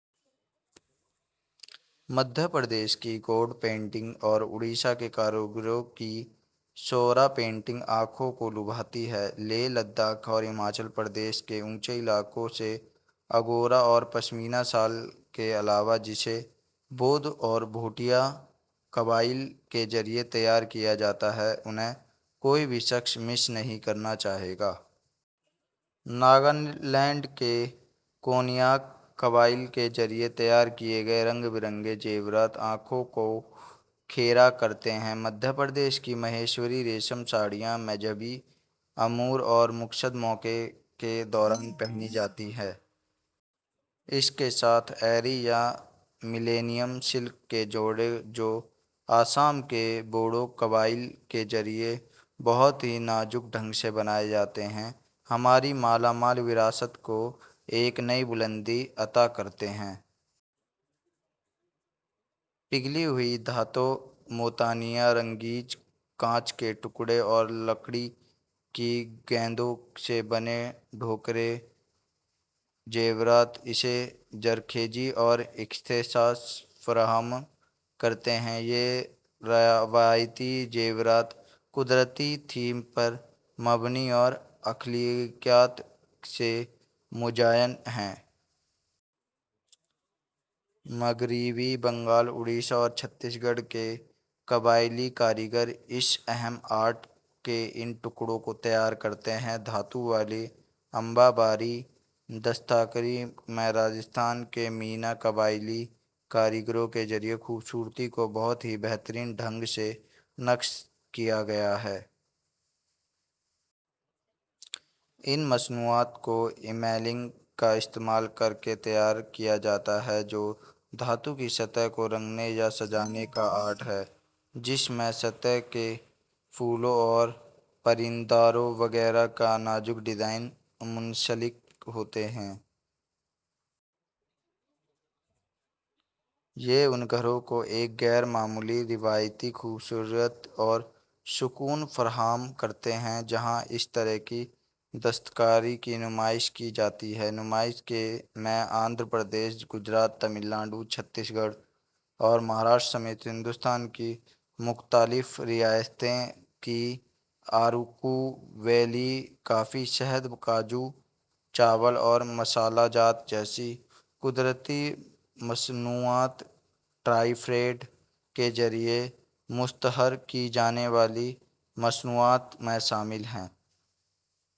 مدھیہ پردیش کی گوند پینٹنگ اور اوڈیشہ کے کاریگروں کی سورا پینٹنگ آنکھوں کو لبھاتی ہیں۔ لیہہ لداخ اور ہماچل پردیش کے اونچے علاقوں سے انگورا اور پشمینہ شال کے علاوہ جسے بودھ اور بھوٹیا قبائل کے ذریعہ تیار کیا جاتا ہے انہیں کوئی بھی شخص مس نہیں کرنا چاہے گا۔ ناگالینڈ کے کون یاک قبائل کے ذریعہ تیار کیے گئے رنگ برنگے زیورات آنکھوں کو خیرہ کرتے ہیں۔ مدھیہ پردیش کی مہیشوری ریشم ساڑیاں مذہبی امور اور مقدس موقعوں کے دوران پہنی جاتی ہیں۔ اس کے ساتھ ایری یا ملینئم سلک کے جوڑے جو آسام کے بوڈو قبائل کے ذریعہ بہت ہی نازک ڈھنگ سے بنائے جاتے ہیں ہماری مالا مال وراثت کو ایک نئی بلندی عطا کرتے ہیں۔ پگھلی ہوئی دھاتوں موتیوں رنگین کانچ کے ٹکڑوں اور لکڑی کی گیندوں سے بنے ڈھوکرا زیورات اسے زرخیزی اور اختصاص فراہم کرتے ہیں۔ یہ روایتی زیورات قدرتی تھیم پر مبنی اور اخلاقیات سے مزین ہیں۔ مغربی بنگال اوڈیشہ اور چھتیس گڑھ کے قبائلی کاریگر اس اہم آرٹ کے ان ٹکڑوں کو تیار کرتے ہیں۔ دھات والی امبا باری دستکاری میں راجستھان کے مینا قبائلی کاریگروں کے ذریعہ خوبصورتی کو بہت ہی بہترین ڈھنگ سے نقش کیا گیا ہے۔ ان مصنوعات کو اینامیلنگ کا استعمال کر کے تیار کیا جاتا ہے جو دھات کی سطح کو رنگنے یا سجانے کا آرٹ ہے جس میں سطح پر پھولوں اور پرندوں وغیرہ کے نازک ڈیزائن منسلک ہوتے ہیں۔ یہ ان گھروں کو ایک غیر معمولی روایتی خوبصورتی اور سکون فراہم کرتے ہیں جہاں اس طرح کی دستکاری کی نمائش کی جاتی ہے۔ نمائش میں آندھرا پردیش گجرات تمل ناڈو چھتیس گڑھ اور مہاراشٹر سمیت ہندوستان کی مختلف ریاستوں کی اراکو ویلی کافی شہد کاجو چاول اور مصالحہ جات جیسی قدرتی مصنوعات ٹرائفیڈ کے ذریعہ مشتہر کی جانے والی مصنوعات میں شامل ہیں۔